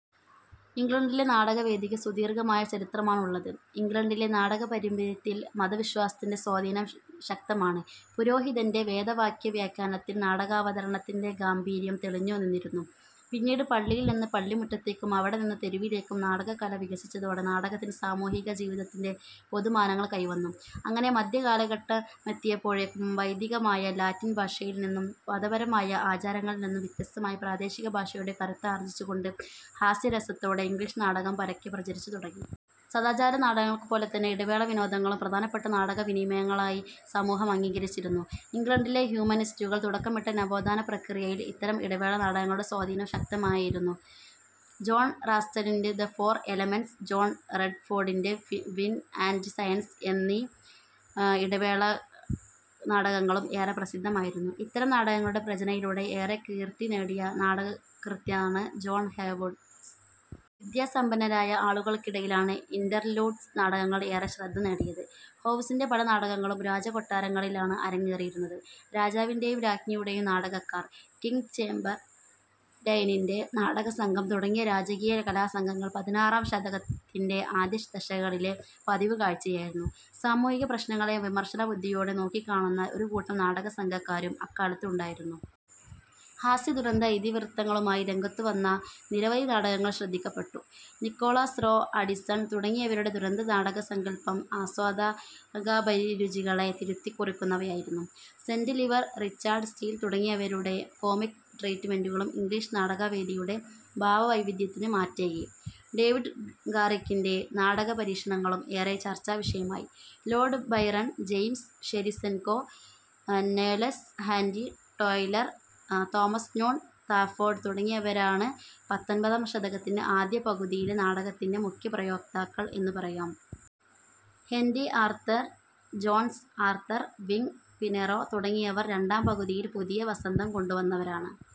ഇംഗ്ലണ്ടിലെ നാടകവേദിക്ക് സുദീർഘമായ ചരിത്രമാണുള്ളത്. ഇംഗ്ലണ്ടിലെ നാടകപാരമ്പര്യത്തിൽ മതവിശ്വാസത്തിന്റെ സ്വാധീനം ശക്തമാണ്. പുരോഹിതന്റെ വേദവാക്യവ്യാഖ്യാനത്തിൽ നാടകാവതരണത്തിന്റെ ഗാംഭീര്യം തെളിഞ്ഞുനിന്നിരുന്നു. പിന്നീട് പള്ളിയിൽനിന്ന് പള്ളിമുറ്റത്തേക്കും അവിടെനിന്ന് തെരുവിലേക്കും നാടകകല വികസിച്ചതോടെ നാടകത്തിന് സാമൂഹിക ജീവിതത്തിന്റെ പൊതുമാനങ്ങൾ കൈവന്നു. അങ്ങനെ മധ്യകാലഘട്ടമെത്തിയപ്പോഴേക്കും വൈദികമായ ലാറ്റിൻഭാഷയിൽനിന്നും മതപരമായ ആചാരങ്ങളിൽനിന്നും വ്യത്യസ്തമായി പ്രാദേശികഭാഷയുടെ കരുത്താർജിച്ചുകൊണ്ട് ഹാസ്യരസത്തോടെ ഇംഗ്ലീഷ് നാടകം പരക്കെ പ്രചരിച്ചുതുടങ്ങി. സദാചാര നാടകങ്ങൾപോലെതന്നെ ഇടവേള വിനോദങ്ങളും പ്രധാനപ്പെട്ട നാടകവിനിമയങ്ങളായി സമൂഹം അംഗീകരിച്ചിരുന്നു. ഇംഗ്ലണ്ടിലെ ഹ്യൂമനിസ്റ്റുകൾ തുടക്കമിട്ട നവോത്ഥാനപ്രക്രിയയിൽ ഇത്തരം ഇടവേള നാടകങ്ങളുടെ സ്വാധീനം ശക്തമായിരുന്നു. ജോൺ റാസ്ടലിന്റെ ദ് ഫോർ എലമെന്റ്സ്, ജോൺ റെഡ്ഫോഡിന്റെ വിറ്റ് ആൻഡ് സയൻസ് എന്നീ ഇടവേള നാടകങ്ങളും ഏറെ പ്രസിദ്ധമായിരുന്നു. ഇത്തരം നാടകങ്ങളുടെ രചനയിലൂടെ ഏറെ കീർത്തി നേടിയ നാടകകൃത്താണ് ജോൺ ഹേവുസ്. വിദ്യാസമ്പന്നരായ ആളുകൾക്കിടയിലാണ് ഇൻർലൂഡ്സ് നാടകങ്ങൾ ഏറെ ശ്രദ്ധ നേടിയത്. ഹോവുസിന്റെ പല നാടകങ്ങളും രാജകൊട്ടാരങ്ങളിലാണ് അരങ്ങേറിയിരുന്നത്. രാജാവിന്റെയും രാജ്ഞിയുടെയും നാടകക്കാർ, കിങ് ചേംബർ ലെയിനിന്റെ നാടകസംഘം തുടങ്ങിയ രാജകീയ കലാസംഘങ്ങൾ പതിനാറാം ശതകത്തിന്റെ ആദ്യദശകങ്ങളിലെ പതിവുകാഴ്ചയായിരുന്നു. സാമൂഹിക പ്രശ്നങ്ങളെ വിമർശന ബുദ്ധിയോടെ നോക്കിക്കാണുന്ന ഒരുകൂട്ടം നാടകസംഘക്കാരും അക്കാലത്ത് ഉണ്ടായിരുന്നു. ഹാസ്യ-ദുരന്ത ഇതിവൃത്തങ്ങളുമായി രംഗത്തുവന്ന നിരവധി നാടകങ്ങൾ ശ്രദ്ധിക്കപ്പെട്ടു. നിക്കോളാസ് റോ, അഡിസൺ തുടങ്ങിയവരുടെ ദുരന്ത നാടകസങ്കല്പം ആസ്വാദകാഭിരുചികളെ തിരുത്തിക്കുറിക്കുന്നവയായിരുന്നു. സെന്റ് ലിവർ, റിച്ചാഡ് സ്റ്റീൽ തുടങ്ങിയവരുടെ കോമിക് ട്രീറ്റുമെന്റുകളും ഇംഗ്ലീഷ് നാടകവേദിയുടെ ഭാവവൈവിധ്യത്തിന് മാറ്റേകി. ഡേവിഡ് ഗാറിക്കിന്റെ നാടകപരീക്ഷണങ്ങളും ഏറെ ചർച്ചാവിഷയമായി. Lord Byron, James Sheridan, Knowles, Henry Taylor, Thomas Noon Talfourd തുടങ്ങിയവരാണ് പത്തൊൻപതാം ശതകത്തിന്റെ ആദ്യപകുതിയിലെ നാടകത്തിന്റെ മുഖ്യ പ്രയോക്താക്കൾ എന്നു പറയാം. Henry Arthur Jones, Arthur Wing Pinero തുടങ്ങിവർ രണ്ടാംപകുതിയിൽ പുതിയ വസന്തംകൊണ്ടുവന്നവരാണ്.